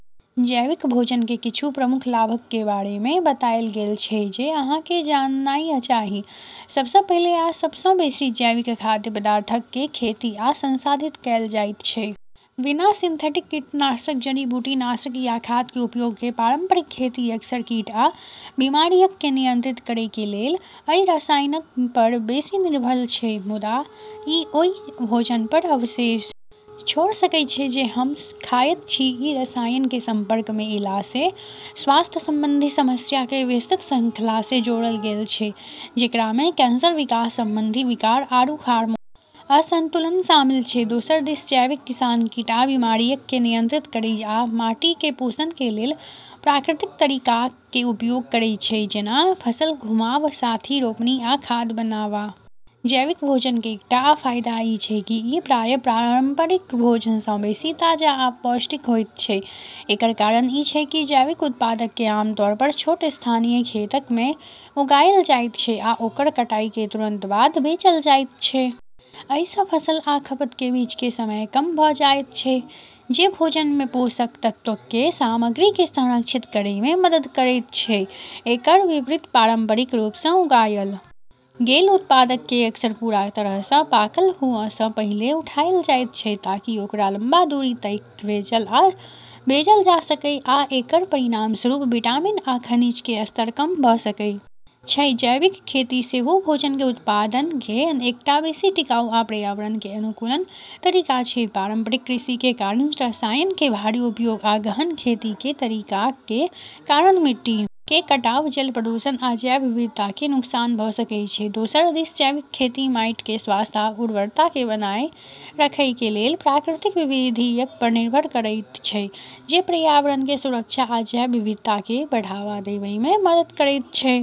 जैविक भोजन कें किच्छू प्रमुख लाभक कें बारे मे बताएल गेल छै जे अहां कें जाननाय चाही, सबसे पहिले आ सब सं बेसि जैविक खाद्य पदार्थक कें खेती आ संसाधित कैल जायत छै, बिना सिंथेटिक कीटनाशक, जड़ी-बूटी नाशक या खाद कें उपयोग कें पारंपरिक खेती अक्सर कीट आ बीमारियक कें नियंत्रित करय कें लेल अइ रसायनक पर बेसि निर्भर छै मुदा इ ओय भोजन पर अवशेष छोड़ सकय छै जे हम खायत छी, ई रसायनऽ के संपर्क मे ऐला से स्वास्थ्य संबंधी समस्या के विस्तृत श्रृंखला से जोड़लऽ गेलऽ छै जेकरा मे कैंसर, विकास संबंधी विकार, आरू हार्मोन के असंतुलन शामिल छै, दोसर दिस जैविक किसान कीट आ बीमारियक कें नियंत्रित करय आ माटी कें पोषण कें लेल प्राकृतिक तरीकाक कें उपयोग करय छै जेना फसल घुमाव, साथी रोपनी आ खाद बनावा, जैविक भोजन कें एकटा आ फायदा इ छै की इ प्रायः पारंपरिक भोजन सं बेसि ताजा आ पौष्टिक होयत छै, एकर कारण इ छै की जैविक उत्पादक कें आमतौर पर छोट, स्थानीय खेतक मे उगाएल जायत छै आ ओकर कटाई कें तुरंत बाद बेचल जायत छै. अइ सं फसल आ खपत कें बीच कें समय कम भ जायत छै जे भोजन मे पोषक तत्वक कें सामग्री कें संरक्षित करय मे मदद करएयत छै, एकर विपरीत पारंपरिक रूप सं उगाएल गेल उत्पादक कें अक्सर पूरा तरह सं पाकल हुअ सं पहिले उठाएल जायत छै, ताकि ओकरा लंबा दूरी तइक भेजल जा सकय आ एकर परिणामस्वरूप विटामिन आ खनिज कें स्तर कम भ सकय छै, जैविक खेती सेहो भोजन कें उत्पादन कें एकटा बेसि टिकाऊ आ पर्यावरण कें अनुकूल तरीका छै, पारंपरिक कृषि कें कारण रसायन कें भारी उपयोग आ गहन खेती कें तरीकाक कें कारण मिट्टी कें कटाव, जल प्रदूषण आ जैव विविधता कें नुकसान भ सकय छै, दोसर दिस जैविक खेती माइट कें स्वास्थ्य आ उर्वरता कें बनाए रखएय कें लेल प्राकृतिक विधियक पर निर्भर करएयत छै जे पर्यावरण कें सुरक्षा आ जैव विविधता कें बढ़ावा देवय मे मदद करएयत छै।